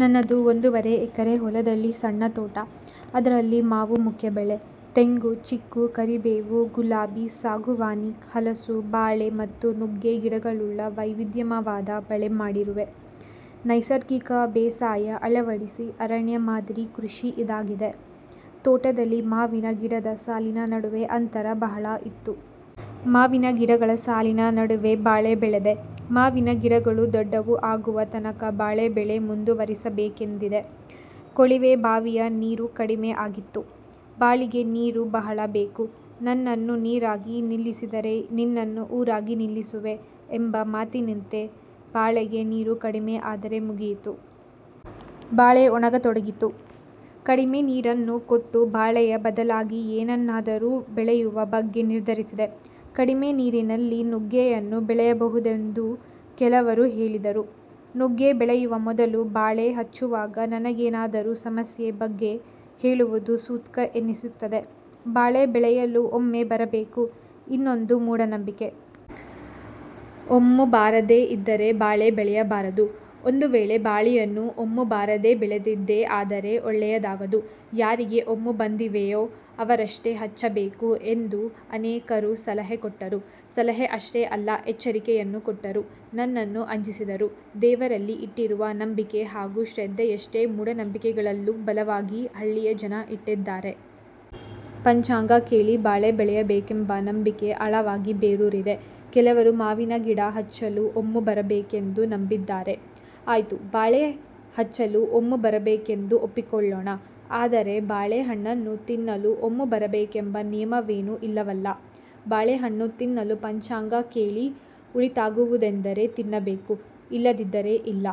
ನನ್ನದು ಒಂದೂವರೆ ಎಕರೆ ಹೊಲದಲ್ಲಿ ಸಣ್ಣ ತೋಟ. ಅದರಲ್ಲಿ ಮಾವು ಮುಖ್ಯ ಬೆಳೆ. ತೆಂಗು, ಚಿಕ್ಕು, ಕರಿಬೇವು, ಗುಲಾಬಿ, ಸಾಗುವಾನಿ, ಹಲಸು, ಬಾಳೆ ಮತ್ತು ನುಗ್ಗೆ ಗಿಡಗಳುಳ್ಳ ವೈವಿಧ್ಯಮಯವಾದ ಬೆಳೆ ಮಾಡಿರುವೆ. ನೈಸರ್ಗಿಕ ಬೇಸಾಯ ಅಳವಡಿಸಿ ಅರಣ್ಯ ಮಾದರಿ ಕೃಷಿ ಇದಾಗಿದೆ. ತೋಟದಲ್ಲಿ ಮಾವಿನ ಗಿಡದ ಸಾಲಿನ ನಡುವೆ ಅಂತರ ಬಹಳ ಇತ್ತು. ಮಾವಿನ ಗಿಡಗಳ ಸಾಲಿನ ನಡುವೆ ಬಾಳೆ ಬೆಳೆದೆ. ಮಾವಿನ ಗಿಡಗಳು ದೊಡ್ಡವು ಆಗುವ ತನಕ ಬಾಳೆ ಬೆಳೆ ಮುಂದುವರಿಸಬೇಕೆಂದಿದ್ದೆ. ಕೊಳಿವೆ ಬಾವಿಯ ನೀರು ಕಡಿಮೆ ಆಗಿತ್ತು. ಬಾಳೆಗೆ ನೀರು ಬಹಳ ಬೇಕು. "ನನ್ನನ್ನು ನೀರಾಗ ನಿಲ್ಲಿಸಿದರೆ ನಿನ್ನನ್ನು ಊರಾಗ ನಿಲ್ಲಿಸುವೆ" ಎಂಬ ಮಾತಿನಂತೆ ಬಾಳೆಗೆ ನೀರು ಕಡಿಮೆ ಆದರೆ ಮುಗಿಯಿತು. ಬಾಳೆ ಒಣಗತೊಡಗಿತು. ಕಡಿಮೆ ನೀರನ್ನು ಕೊಟ್ಟು ಬಾಳೆಯ ಬದಲಾಗಿ ಏನನ್ನಾದರೂ ಬೆಳೆಯುವ ಬಗ್ಗೆ ನಿರ್ಧರಿಸಿದೆ. ಕಡಿಮೆ ನೀರಿನಲ್ಲಿ ನುಗ್ಗೆಯನ್ನು ಬೆಳೆಯಬಹುದೆಂದು ಕೆಲವರು ಹೇಳಿದರು. ನುಗ್ಗೆ ಬೆಳೆಯುವ ಮೊದಲು ಬಾಳೆ ಹಚ್ಚುವಾಗ ನನಗೆದುರಾದ ಸಮಸ್ಯೆಯ ಬಗ್ಗೆ ಹೇಳುವುದು ಸೂಕ್ತ ಎನಿಸುತ್ತದೆ. ಬಾಳೆ ಬೆಳೆಯಲು 'ಒಮ್ಮು' ಬರಬೇಕು. ಇದೊಂದು ಮೂಢನಂಬಿಕೆ. ಒಮ್ಮು ಬಾರದೇ ಇದ್ದರೆ ಬಾಳೆ ಬೆಳೆಯಬಾರದು. ಒಂದು ವೇಳೆ ಬಾಳೆಯನ್ನು ಒಮ್ಮು ಬಾರದೆ ಬೆಳೆದದ್ದೇ ಆದರೆ ಒಳ್ಳೆಯದಾಗದು. ಯಾರಿಗೆ ಒಮ್ಮು ಬಂದಿವೆಯೋ ಅವರಷ್ಟೇ ಹಚ್ಚಬೇಕು ಎಂದು ಅನೇಕರು ಸಲಹೆ ಕೊಟ್ಟರು. ಸಲಹೆ ಅಷ್ಟೇ ಅಲ್ಲ ಎಚ್ಚರಿಕೆಯನ್ನೂ ಕೊಟ್ಟರು. ನನ್ನನ್ನು ಅಂಜಿಸಿದರು. ದೇವರಲ್ಲಿ ಇಟ್ಟಿರುವ ನಂಬಿಕೆ ಹಾಗೂ ಶ್ರದ್ಧೆಯಷ್ಟೇ ಮೂಢನಂಬಿಕೆಗಳಲ್ಲೂ ಬಲವಾಗಿ ಹಳ್ಳಿಯ ಜನ ಇಟ್ಟಿದ್ದಾರೆ. ಪಂಚಾಂಗ ಕೇಳಿ ಬಾಳೆ ಬೆಳೆಯಬೇಕೆಂಬ ನಂಬಿಕೆ ಆಳವಾಗಿ ಬೇರೂರಿದೆ. ಕೆಲವರು ಮಾವಿನಗಿಡ ಹಚ್ಚಲೂ ಒಮ್ಮು ಬರಬೇಕೆಂದು ನಂಬಿದ್ದಾರೆ. ಆಯ್ತು ಬಾಳೆ ಹಚ್ಚಲು ಒಮ್ಮು ಬರಬೇಕೆಂದು ಒಪ್ಪಿಕೊಳ್ಳೋಣ. ಆದರೆ ಬಾಳೆ ಹಣ್ಣನ್ನು ತಿನ್ನಲು ಒಮ್ಮು ಬರಬೇಕೆಂಬ ನಿಯಮವೇನೂ ಇಲ್ಲವಲ್ಲ. ಬಾಳೆಹಣ್ಣು ತಿನ್ನಲು ಪಂಚಾಂಗ ಕೇಳಿ ಒಳಿತಾಗುವುದೆಂದರೆ ತಿನ್ನಬೇಕು ಇಲ್ಲದಿದ್ದರೆ ಇಲ್ಲ.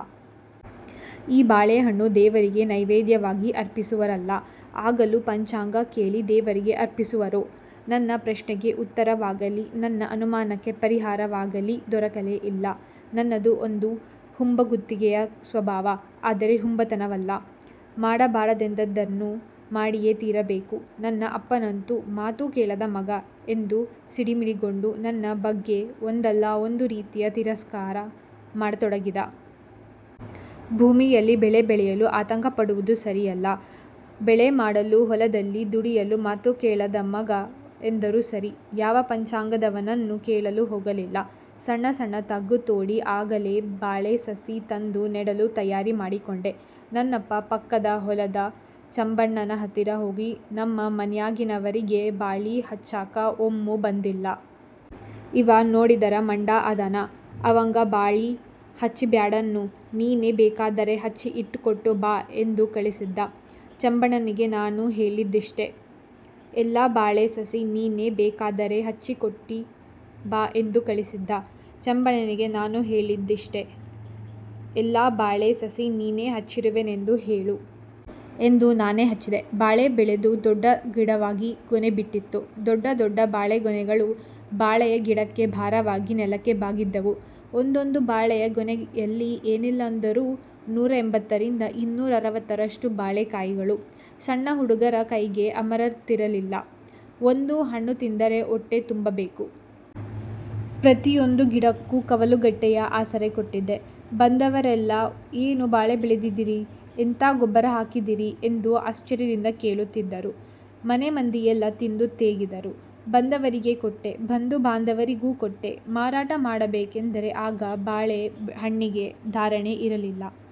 ಈ ಬಾಳೆಹಣ್ಣು ದೇವರಿಗೆ ನೈವೇಧ್ಯವಾಗಿ ಅರ್ಪಿಸುವರಲ್ಲ. ಆಗಲೂ ಪಂಚಾಂಗ ಕೇಳಿ ದೇವರಿಗೆ ಅರ್ಪಿಸುವರೋ? ನನ್ನ ಪ್ರಶ್ನೆಗೆ ಉತ್ತರವಾಗಲಿ, ನನ್ನ ಅನುಮಾನಕ್ಕೆ ಪರಿಹಾರವಾಗಲೀ ದೊರಕಲೇ ಇಲ್ಲ. ನನ್ನದು ಒಂದು ಹುಂಬಗುತ್ತಿಗೆಯ ಸ್ವಭಾವ. ಆದರೆ ಹುಂಬತನವಲ್ಲ. ಮಾಡಬಾರದೆಂದದ್ದನ್ನು ಮಾಡಿಯೇ ತೀರಬೇಕು. ನನ್ನ ಅಪ್ಪನಂತೂ 'ಮಾತು ಕೇಳದ ಮಗ' ಎಂದು ಸಿಡಿಮಿಡಿಗೊಂಡು ನನ್ನ ಬಗ್ಗೆ ಒಂದಲ್ಲಾ ಒಂದು ರೀತಿಯ ತಿರಸ್ಕಾರ ಮಾಡತೊಡಗಿದ. ಭೂಮಿಯಲ್ಲಿ ಬೆಳೆ ಬೆಳೆಯಲು ಆತಂಕಪಡುವುದು ಸರಿಯಲ್ಲ. ಬೆಳೆ ಮಾಡಲು ಹೊಲದಲ್ಲಿ ದುಡಿಯಲು ಮಾತು ಕೇಳದ ಮಗ ಎಂದರೂ ಸರಿ. ಯಾವ ಪಂಚಾಂಗದವನನ್ನು ಕೇಳಲು ಹೋಗಲಿಲ್ಲ. ಸಣ್ಣ ಸಣ್ಣ ತಗ್ಗು ತೋಡಿ ಆಗಲೇ ಬಾಳೆ ಸಸಿ ತಂದು ನೆಡಲು ತಯಾರಿ ಮಾಡಿಕೊಂಡೆ. ನನ್ನಪ್ಪ ಪಕ್ಕದ ಹೊಲದ ಚಂಬಣ್ಣನ ಹತ್ತಿರ ಹೋಗಿ, 'ನಮ್ಮ ಮನ್ಯಾಗಿನ್ಯಾವರಿಗೆ ಬಾಳಿ ಹಚ್ಚಾಕ ಒಮ್ಮು ಬಂದಿಲ್ಲಾ. ಇವ ನೋಡಿದರ ಮಂಡ ಅದಾನು. ಅಂವಗ ಬಾಳಿ ಹಚ್ಚಬ್ಯಾಡನ್ನು ನೀನೇ ಬೇಕಾದರೆ ಹಚ್ಚ್ ಇಕೊಟ್ಟು ಬಾ ಎಂದು ಕಳಿಸಿದ್ಧ. ಚಂಬಣ್ಣನಿಗೆ ನಾನು ಹೇಳಿದ್ದಿಷ್ಟೇ. ಎಲ್ಲಾ ಬಾಳೆ ಸಸಿ ನೀನೇ ಬೇಕಾದರೆ ಹಚ್ಚಿಕೊಟ್ಟು ಬಾ ಎಂದು ಕಳಿಸಿದ್ದ. ಚಂಬಣ್ಣನಿಗೆ ನಾನು ಹೇಳಿದ್ದಿಷ್ಟೇ. ಎಲ್ಲಾ ಬಾಳೆ ಸಸಿ ನೀನೇ ಹಚ್ಚಿರುವೆನೆಂದು ಹೇಳು. ಎಂದು ನಾನೇ ಹಚ್ಚಿದ್ದೆ. ಬಾಳೆ ಬೆಳೆದು ದೊಡ್ಡ ಗಿಡವಾಗಿ ಗೊನೆ ಬಿಟ್ಟಿತ್ತು. ದೊಡ್ಡ ದೊಡ್ಡ ಬಾಳೆಗೊನೆಗಳು ಬಾಳೆಯ ಗಿಡಕ್ಕೆ ಭಾರವಾಗಿ ನೆಲಕ್ಕೆ ಬಾಗಿದ್ದವು. ಒಂದೊಂದು ಬಾಳೆಯ ಗೊನೆಯಲ್ಲಿ ಏನಿಲ್ಲೆಂದರೂ ನೂರ ಎಂಭತ್ತರಿಂದ ಇನ್ನೂರರವತ್ತರಷ್ಟು ಬಾಳೆಕಾಯಿಗಳು. ಶಣ್ಣ ಹುಡುಗರ ಕೈಗೆ ಅಮರುತ್ತಿರಲಿಲ್ಲ. ಒಂದು ಹಣ್ಣುತಿಂದರೆ ಹೊಟ್ಟೆ ತುಂಬಬೇಕು. ಪ್ರತಿಯೊಂದು ಗಿಡಕ್ಕೂ ಕವಲುಗಟ್ಟಿಗೆಯ ಆಸರೆ ಕೊಟ್ಟಿದ್ದೆ. ಬಂದವರೆಲ್ಲಾ ಏನು ಬಾಳೆ ಬೆಳೆದಿದೀರಿ ಎಂಥಾ ಗೊಬ್ಬರ ಹಾಕಿದೀರಿ ಎಂದು ಆಶ್ಚರ್ಯದಿಂದ ಕೇಳುತ್ತಿದ್ದರು. ಮನೆಮಂದಿಯೆಲ್ಲಾ ತಿಂದು ತೇಗಿದರು. ಬಂದವರಿಗೆ ಕೊಟ್ಟೆ, ಬಂಧು ಬಾಂಧವರಿಗೂ ಕೊಟ್ಟೆ, ಮಾರಾಟ ಮಾಡಬೇಕೆಂದರೆ ಆಗ ಬಾಳೆ ಹಣ್ಣಿಗೆ ಧಾರಣೆ ಇರಲಿಲ್ಲ.